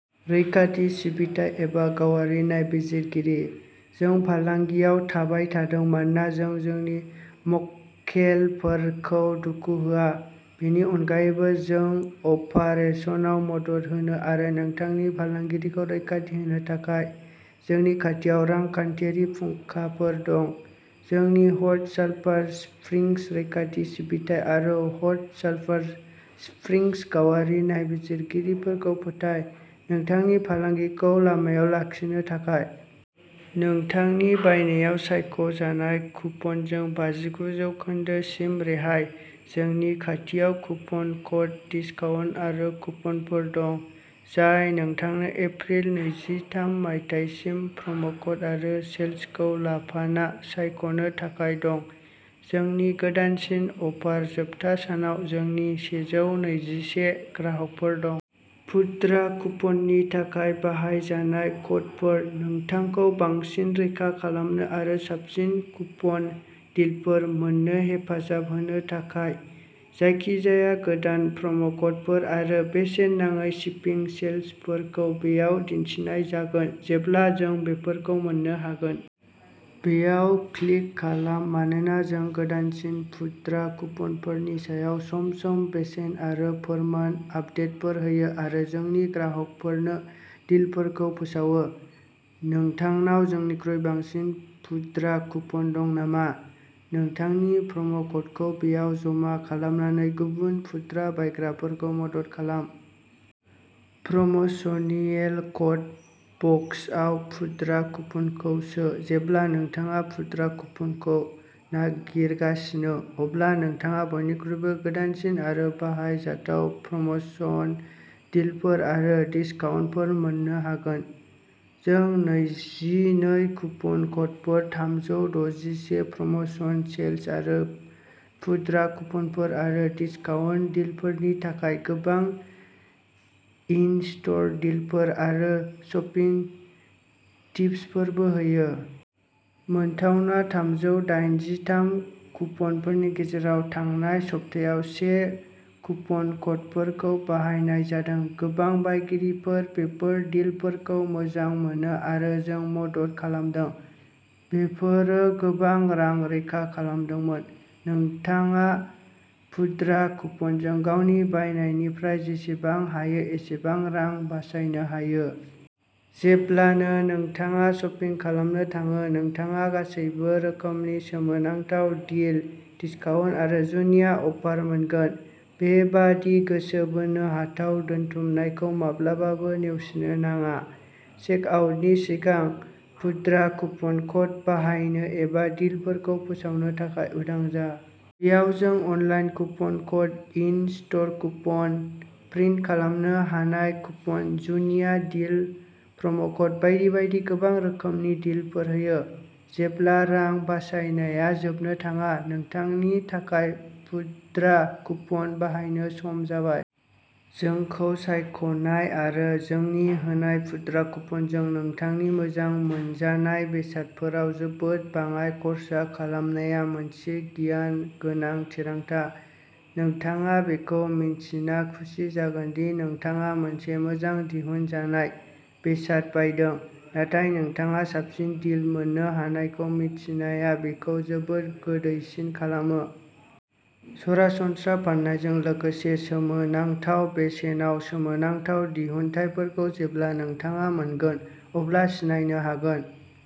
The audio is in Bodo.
रैखाथि सिबिथाइ एबा गावारि नायबिजिरगिरि? जों फालांगियाव थाबाय थादों, मानोना जों जोंनि मक्केलफोरखौ दुखु होआ। बेनि अनगायैबो, जों अपारेसनाव मदद होनो आरो नोंथांनि फालांगिखौ रैखाथि होनो थाखाय जोंनि खाथियाव रांखान्थियारि फुंखाफोर दं। जोंनि हट सालफार स्प्रिंग्स रैखाथि सिबिथाइ आरो हट सालफार स्प्रिंग्स गावारि नायबिजिरगिरिखौ फोथाय, नोंथांनि फालांगिखौ लामायाव लाखिनो थाखाय। नोंथांनि बायनायाव सायख' जानाय कुपनजों बाजिगु जौखोन्दो सिम रेहाय! जोंनि खाथियाव कुपन क'ड, दिसकाउन्ट आरो कुपनफोर दं, जाय नोंथांनो एप्रिल नैजि थाम, मायथाइसिम प्रम'क'ड आरो सेल्सखौ लाफाना सायख'नो थाखाय दं। जोंनि गोदानसिन अफार जोबथा सानाव, जोंनि सेजौ नैजि से ग्राहकफोर दं। पुद्रा कुपननि थाखाय बाहायजानाय क'डफोर। नोंथांखौ बांसिन रैखा खालामनो आरो साबसिन कुपन डिलफोर मोन्नो हेफाजाब होनो थाखाय, जायखिजाया गोदान प्रम'क'डफोर आरो बेसेन नाङै शिपिं सेल्सफोरखौ बेयाव दिन्थिनाय जागोन जेब्ला जों बेफोरखौ मोन्नो हागोन। बेयाव क्लिक खालाम मानोना जों गोदानसिन पुद्रा कुपनफोरनि सायाव सम सम बेसेन आरो फोरमान आपदेटफोर होयो आरो जोंनि ग्राहकफोरनो डिलफोरखौ फोसावो। नोंथांनाव जोंनिख्रुइ बांसिन पुद्रा कुपन दं नामा? नोंथांनि प्रम'क'डखौ बेयाव जमा खालामनानै गुबुन पुद्रा बायग्राफोरखौ मदद खालाम। प्रम'शनियेल क'ड बक्सआव पुद्रा कुपनखौ सो। जेब्ला नोंथाङा पुद्रा कुपनखौ नागिरगासिनो, अब्ला नोंथाङा बयनिख्रुइबो गोदानसिन आरो बाहायजाथाव प्रम'शन डिलफोर आरो डिस्काउन्टफोर मोन्नो हागोन। जों नैजि नै कुपन क'डफोर, थामजौ द'जि से प्रम'शन सेल्स आरो पुद्रा कुपनफोर आरो डिस्काउन्ट डिलफोरनि थाखाय गोबां इन स्ट'र डिलफोर आरो शपिं टिप्सफोरबो होयो। मोनथावना थामजौ दाइनजि थाम कुपनफोरनि गेजेराव, थांनाय सप्तायाव से कुपन क'डफोरखौ बाहायनाय जादों। गोबां बायगिरिफोर बेफोर डिलफोरखौ मोजां मोनो आरो जों मदद खालामदों। बेफोरो गोबां रां रैखा खालामदोंमोन। नोंथाङा पुद्रा कुपनजों गावनि बायनायनिफ्राय जेसेबां हायो एसेबां रां बासायनो हायो। जेब्लानो नोंथाङा शपिं खालामनो थाङो, नोंथाङा गासैबो रोखोमनि सोमोनांथाव डिल, डिस्काउन्ट आरो जुनिया अफार मोनगोन। बेबादि गोसो बोनो हाथाव दोनथुमनायखौ माब्लाबाबो नेवसिनो नाङा। चेकआउटनि सिगां पुद्रा कुपन क'ड बाहायनो एबा डीलफोरखौ फोसावनो थाखाय उदां जा। बेयाव जों online coupon code, in store coupon, print खालामनो हानाय कुपन, जुनिया डील, प्रम'क'ड बायदि बायदि गोबां रोखोमनि डीलफोर होयो। जेब्ला रां बासायनाया जोबनो थाङा! नोंथांनि थाखाय पुद्रा कुपन बाहायनो सम जाबाय। जोंखौ सायख'नाय आरो जोंनि होनाय पुद्रा कुपनजों नोंथांनि मोजां मोनजानाय बेसादफोराव जोबोद बाङाय खर्सा खालामनाया मोनसे गियान गोनां थिरांथा। नोंथाङा बेखौ मिन्थिना खुसि जागोन दि नोंथाङा मोनसे मोजां दिहुनजानाय बेसाद बायदों, नाथाय नोंथाङा साबसिन डिल मोननो हानायखौ मिथिनाया बेखौ जोबोद गोदैसिन खालामो! सरासनस्रा फान्नायजों लोगोसे, सोमोनांथाव बेसेनाव सोमोनांथाव दिहुनथायफोरखौ जेब्ला नोंथाङा मोनगोन अब्ला सिनायनो हागोन।